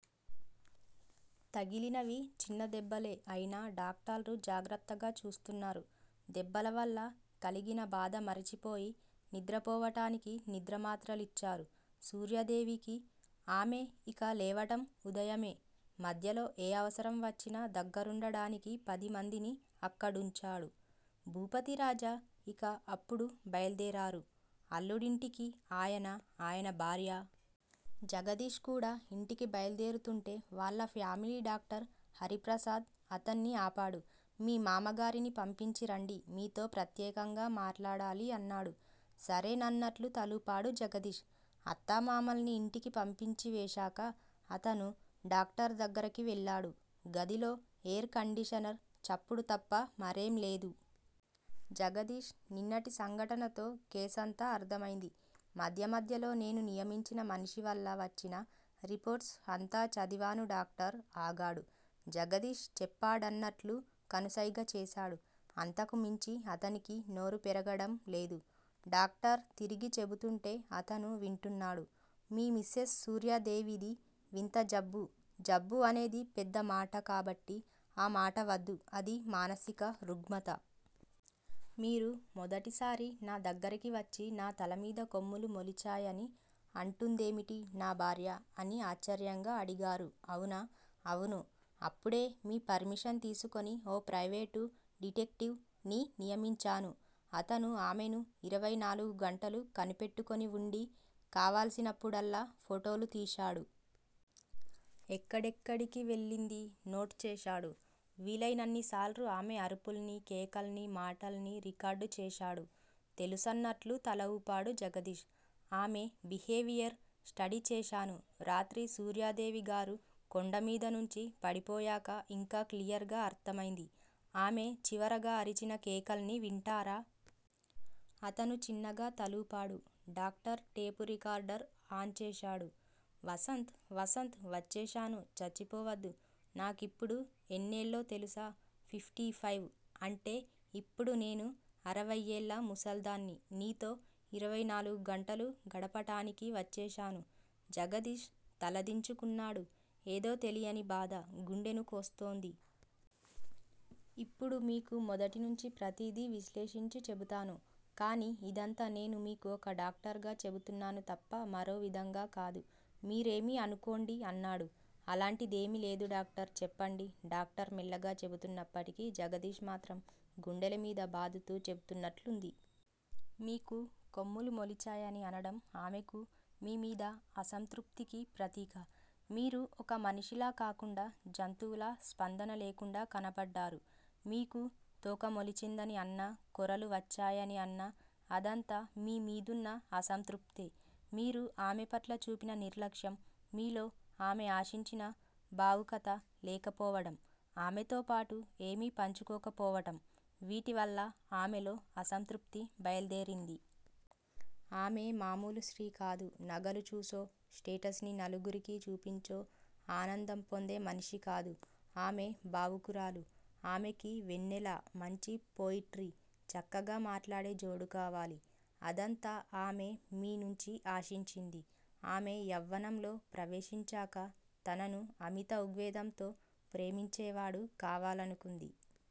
తగిలినవి చిన్న దెబ్బలే అయినా డాక్టర్లు జాగ్రత్తగా చూస్తున్నారు. దెబ్బలవల్ల కలిగిన బాధ మరిచిపోయి నిద్ర పోవడానికి నిద్ర మాత్ర లిచ్చారు సూర్యాదేవికి. ఆమె ఇక లేవడం ఉదయమే. మధ్యలో ఏ అవసరం వచ్చినా దగ్గరుండడానికి పదిమందిని అక్కడుంచాడు భూపతిరాజా ఇక అప్పుడు బయల్దేరారు అల్లుడింటికి ఆయనా, ఆయన భార్యా. జగదీష్ కూడా ఇంటికి బయల్దేరుతూంటే వాళ్ళ ఫ్యామిలీ డాక్టర్ హరిప్రసాద్ అతన్ని ఆపాడు. మీ మామగారిని పంపించి రండి. మీతో ప్రత్యేకంగా మాట్లాడాలి అన్నాడు. సరే నన్నట్లు తలూపాడు జగదీష్. అత్తామామల్ని ఇంటికి పంపించివేశాక అతను డాక్టర్ దగ్గరికి వెళ్ళాడు. గదిలో ఏర్ కండీషనర్ చప్పుడు తప్ప మరేం లేదు. జగదీష్! నిన్నటి సంఘటనతో కేసంతా అర్ధమైంది. మధ్య మధ్యలో నేను నియమించిన మనిషి వల్ల వచ్చిన రిపోర్ట్స్ అంతా చదివాను డాక్టర్ ఆగాడు. జగదీష్ చెప్పండన్నట్లు కనుసైగ చేశాడు. అంతకుమించి అతనికి నోరు పెగలడం లేదు. డాక్టర్ తిరిగి చెబుతుంటే అతను వింటున్నాడు. మీ మిసెస్ సూర్యాదేవిది వింత జబ్బు జబ్బు అనేది పెద్ద మాట కాబట్టి ఆ మాట వద్దు- అది మానసిక రుగ్మత. మీరు మొదటిసారి నా దగ్గరికి వచ్చి 'నా తలమీద కొమ్ములు మొలిచాయని అంటుందేమిటి నా భార్య' అని ఆశ్చర్యంగా అడిగారు అవునా? అవును అప్పుడే మీ పర్మిషన్ తీసుకుని ఓ ప్రైవేటు డిటెక్టివ్ ని నియమించాను. అతను ఆమెను ఇరవై నాలుగు గంటలూ కనిపెట్టుకుని వుండి కావాల్సినప్పుడల్లా ఫోటోలు తీశాడు. ఎక్కడెక్కడికి వెళ్ళిందీ నోట్ చేశాడు. వీలైనన్నిసార్లు ఆమె అరుపుల్ని కేకల్ని, మాటల్ని రికార్డు చేశాడు తెలుసన్నట్లు తల ఊపాడు జగదీష్. ఆమె బిహేవియర్ స్టడీ చేశాను. రాత్రి సూర్యాదేవిగారు కొండ మీద నుంచి పడిపోయాక ఇంకా క్లియర్ గా అర్ధమైంది. ఆమె చివరగా అరిచిన కేకల్ని వింటారా? అతను చిన్నగా తలూపాడు. డాక్టర్ టేప్ రికార్డర్ ఆన్ చేశారు. వసంత్ వసంత్ వచ్చేశాను చచ్చిపోవద్దు నాకిప్పుడు ఎన్నేళ్ళో తెలుసా? ఫిఫ్టీ ఫైవ్ అంటే ఇప్పుడు నేను అరయ్యేళ్ళ ముసల్దాన్ని నీతో ఇరవై నాలుగు గంటలు గడపడానికి వచ్చేశాను జగదీష్ తలదించుకున్నాడు. ఏదో తెలియని బాధ గుండెను కోస్తోంది. ఇప్పుడు మీకు మొదటి నుంచీ ప్రతిదీ విశ్లేషించి చెబుతాను. కానీ ఇదంతా నేను మీకు ఒక డాక్టర్ గా చెబుతున్నాను తప్ప మరో విధంగా కాదు. మీరేమీ అనుకోండి అన్నాడు. అలాంటిదేమీ లేదు డాక్టర్ చెప్పండి డాక్టర్ మెల్లగా చెబుతున్నప్పటికి జగదీష్ మాత్రం గుండెల మీద బాదుతూ చెబుతున్నట్లుంది. మీకు కొమ్ములు మోలిచాయని అనడం ఆమెకి మీ మీద అసంతృప్తికి ప్రతీక. మీరు ఒక మనిషిలా కాకుండా జంతువులా, స్పందన లేకుండా కనపడ్డారు. మీకు తోక మొలిచిందని అన్నా కోరలు వచ్చాయని అన్నా- అదంతా మీ మీదున్న అసంతృప్తే. మీరు ఆమె పట్ల చూపిన నిర్లక్ష్యం, మీలో ఆమె ఆశించిన భావుకత లేకపోవడం- ఆమెతోపాటు ఏమీ పంచుకోకపోవడం- వీటివల్ల ఆమెలో అసంతృప్తి బయల్దేరింది. ఆమె మామూలు స్త్రీ కాదు నగలు చూసో, స్టేటస్ ని నలుగురికి చూపించో ఆనందం పొందే మనిషికాదు. ఆమె భావుకురాలు ఆమెకి వెన్నెల మంచి పొయిట్రీ, చక్కగా మాట్లాడే జోడూ కావాలి. అదంతా ఆమె మీ నుంచి ఆశించింది. ఆమె యవ్వనంలో ప్రవేశించాక తనను అమిత ఉద్వేగంతో ప్రేమించేవాడు కావాలనుకుంది.